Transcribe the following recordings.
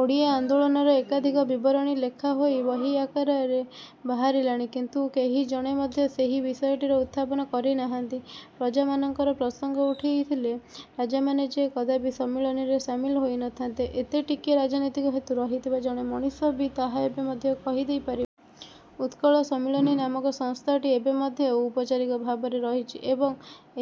ଓଡ଼ିଆ ଆନ୍ଦୋଳନର ଏକାଧିକ ବିବରଣୀ ଲେଖାହୋଇ ବହି ଆକାରରେ ବାହାରିଲାଣି, କିନ୍ତୁ କେହି ଜଣେ ମଧ୍ୟ ସେହି ବିଷୟଟିର ଉତଥାପନ କରିନାହାନ୍ତି। ପ୍ରଜାମାନଙ୍କର ପ୍ରସଙ୍ଗ ଉଠିଥିଲେ ରାଜାମାନେ ଯେ କଦାପି ସମ୍ମିଳନୀରେ ସାମିଲ ହୋଇନଥାନ୍ତେ, ଏତେ ଟିକିଏ ରାଜନୀତିକ ହେତୁ ରହିଥିବା ଜଣେ ମଣିଷ ବି ତାହା ଏବେ ମଧ୍ୟ କହିଦେଇ ପାରିବ। ଉତ୍କଳ ସମ୍ମିଳନୀ ନାମକ ସଂସ୍ଥାଟି ଏବେ ମଧ୍ୟ ଔପଚାରିକ ଭାବରେ ରହିଛି ଏବଂ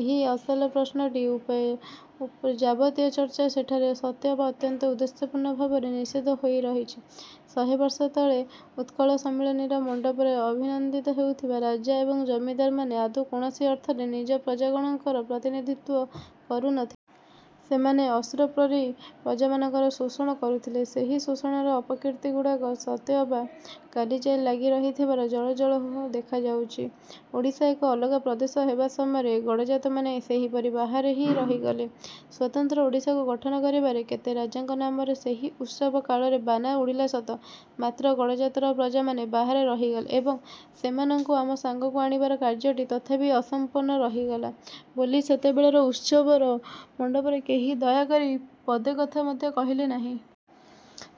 ଏହି ଅସଲ ପ୍ରଶ୍ନଟି ଉପରେ ଯାବତୀୟ ଚର୍ଚ୍ଚା ସେଠାରେ ସତେଅବା ଅତ୍ୟନ୍ତ ଉଦ୍ଦେଶ୍ୟପୂର୍ଣ୍ଣ ଭାବରେ ନିଷିଦ୍ଧ ହୋଇ ରହିଛି। ଶହେବର୍ଷ ତଳେ ଉତ୍କଳ ସମ୍ମିଳନୀର ମଣ୍ଡପରେ ଅଭିନନ୍ଦିତ ହେଉଥିବା ରାଜା ଏବଂ ଜମିଦାରମାନେ ଆଦୌ କୌଣସି ଅର୍ଥରେ ନିଜ ପ୍ରଜାଗଣଙ୍କର ପ୍ରତିନିଧିତ୍ଵ କରୁନଥିଲେ। ସେମାନେ ଅସୁର ପରି ପ୍ରଜାମାନଙ୍କର ଶୋଷଣ କରୁଥିଲେ। ସେହି ଶୋଷଣର ଅପକୀର୍ତ୍ତି ଗୁଡ଼ାକ ସତେ ଅବା କାଲିଯାଏ ଲାଗି ରହିଥିବାର ଜଳଜଳ ହୋଇ ଦେଖାଯାଉଛି। ଓଡ଼ିଶା ଏକ ଅଲଗା ପ୍ରଦେଶ ହେବା ସମୟରେ ଗଡ଼ଜାତମାନେ ସେହିପରି ବାହାରେ ହିଁ ରହିଗଲେ। ସ୍ୱତନ୍ତ୍ର ଓଡ଼ିଶାକୁ ଗଠନ କରିବାରେ କେତେ ରାଜାଙ୍କ ନାମରେ ସେହି ଉତ୍ସବ କାଳରେ ବାନା ଉଡ଼ିଲା ସତ, ମାତ୍ର ଗଡ଼ଜାତର ପ୍ରଜାମାନେ ବାହାରେ ରହିଗଲେ ଏବଂ ସେମାନଙ୍କୁ ଆମ ସାଙ୍ଗକୁ ଆଣିବାର କାର୍ଯ୍ୟଟି ତଥାପି ଅସମ୍ପନ୍ନ ରହିଗଲା ବୋଲି ସେତେବେଳର ଉତ୍ସବର ମଣ୍ଡପରେ କେହି ଦୟାକରି ପଦେକଥା ମଧ୍ୟ କହିଲେ ନାହିଁ।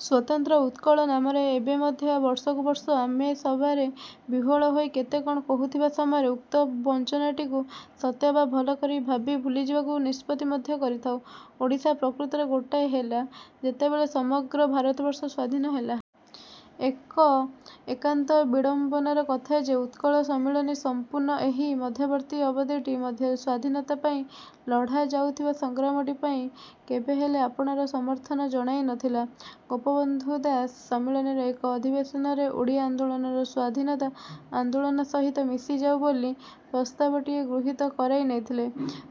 ସ୍ୱତନ୍ତ୍ର ଉତ୍କଳ ନାମରେ ଏବେ ମଧ୍ୟ ବର୍ଷକୁ ବର୍ଷ ଆମେ ସଭାରେ ବିହ୍ଵଳ ହୋଇ କେତେ କ'ଣ କହୁଥିବା ସମୟରେ ଉକ୍ତ ବଞ୍ଚନାଟିକୁ ସତେ ଅବା ଭଲ କରି ଭାବି ଭୁଲିଯିବାକୁ ନିଷ୍ପତ୍ତି ମଧ୍ୟ କରିଥାଉ। ଓଡ଼ିଶା ପ୍ରକୃତରେ ଗୋଟାଏ ହେଲା, ଯେତେବେଳେ ସମଗ୍ର ଭାରତବର୍ଷ ସ୍ୱାଧୀନ ହେଲା। ଏକ ଏକାନ୍ତ ବିଡ଼ମ୍ବନାର କଥା ଯେ, ଉତ୍କଳ ସମ୍ମିଳନୀ ସମ୍ପୂର୍ଣ୍ଣ ଏହି ମଧ୍ୟବର୍ତ୍ତୀ ଅବଧିଟି ମଧ୍ୟରେ ସ୍ୱାଧୀନତା ପାଇଁ ଲଢ଼ା ଯାଉଥିବା ସଂଗ୍ରାମଟି ପାଇଁ କେବେହେଲେ ଆପଣାର ସମର୍ଥନ ଜଣାଇ ନଥିଲା। ଗୋପବନ୍ଧୁ ଦାଶ ସମ୍ମିଳନୀର ଏକ ଅଧିବେଶନରେ ଓଡ଼ିଆ ଆନ୍ଦୋଳନ ସ୍ଵାଧୀନତା ଆନ୍ଦୋଳନ ସହିତ ମିଶିଯାଉ ବୋଲି ପ୍ରସ୍ତାବଟିଏ ଗୃହୀତ କରାଇ ନେଇଥିଲେ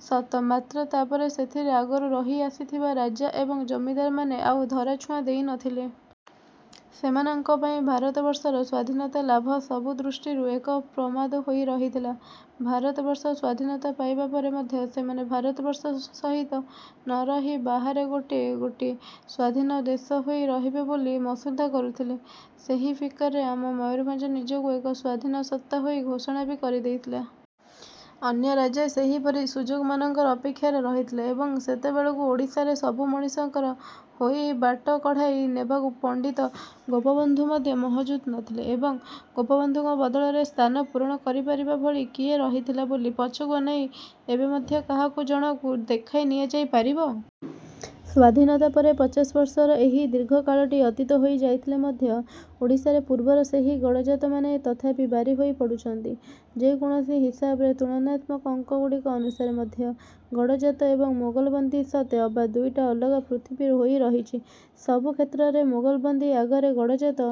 ସତ, ମାତ୍ର ତା'ପରେ ସେଥିରେ ଆଗରୁ ରହି ଆସିଥିବା ରାଜା ଏବଂ ଜମିଦାରମାନେ ଆଉ ଧରାଛୁଆଁ ଦେଇନଥିଲେ। ସେମାନଙ୍କ ପାଇଁ ଭାରତବର୍ଷର ସ୍ଵାଧୀନତା ଲାଭ ସବୁ ଦୃଷ୍ଟିରୁ ଏକ ପ୍ରମାଦ ହୋଇ ରହିଥିଲା। ଭାରତବର୍ଷ ସ୍ୱାଧୀନତା ପାଇବାପରେ ମଧ୍ୟ ସେମାନେ ଭାରତବର୍ଷ ସହିତ ନରହି ବାହାରେ ଗୋଟିଏ ଗୋଟିଏ ସ୍ଵାଧୀନ ଦେଶ ହୋଇ ରହିବେ ବୋଲି ମସୁଧା କରୁଥିଲେ। ସେହି ଫିକରରେ ଆମ ମୟୁରଭଞ୍ଜ ନିଜକୁ ଏକ ସ୍ୱାଧୀନ ସତ୍ତା ହୋଇ ଘୋଷଣା ବି କରିଦେଇଥିଲା। ଅନ୍ୟ ରାଜାଏ ସେହିପରି ସୁଯୋଗମାନଙ୍କର ଅପେକ୍ଷାରେ ରହିଥିଲେ। ଏବଂ, ସେତେବେଳକୁ ଓଡ଼ିଶାରେ ସବୁ ମଣିଷଙ୍କର ହୋଇ ବାଟ କଢ଼ାଇ ନେବାକୁ ପଣ୍ଡିତ ଗୋପବନ୍ଧୁ ମଧ୍ୟ ମହଜୁଦ ନଥିଲେ। ଏବଂ, ଗୋପବନ୍ଧୁଙ୍କ ବଦଳରେ ସ୍ଥାନ ପୂରଣ କରିପାରିବା ଭଳି କିଏ ରହିଥିଲା ବୋଲି ପଛକୁ ଅନାଇ ଏବେ ମଧ୍ୟ କାହାକୁ ଜଣକୁ ଦେଖାଇ ଦିଆଯାଇ ପାରିବ? ସ୍ଵାଧୀନତା ପରେ ପଚାଶ ବର୍ଷର ଏହି ଦୀର୍ଘକାଳଟି ଅତୀତ ହୋଇ ଯାଇଥିଲେ ମଧ୍ୟ ଓଡ଼ିଶାରେ ପୂର୍ବର ସେହି ଗଡ଼ଜାତମାନେ ତଥାପି ବାରିହୋଇ ପଡୁଛନ୍ତି। ଯେକୌଣସି ହିସାବରେ ତୁଳନାତ୍ମକ ଅଙ୍କଗୁଡ଼ିକ ଅନୁସାରେ ମଧ୍ୟ ଗଡ଼ଜାତ ଏବଂ ମୋଗଲବନ୍ଦୀ ସତେ ଅବା ଦୁଇଟା ଅଲଗା ପୃଥବୀ ହୋଇ ରହିଛି। ସବୁ କ୍ଷେତ୍ରରେ ମୋଗଲବନ୍ଦୀ ଆଗରେ, ଗଡ଼ଜାତ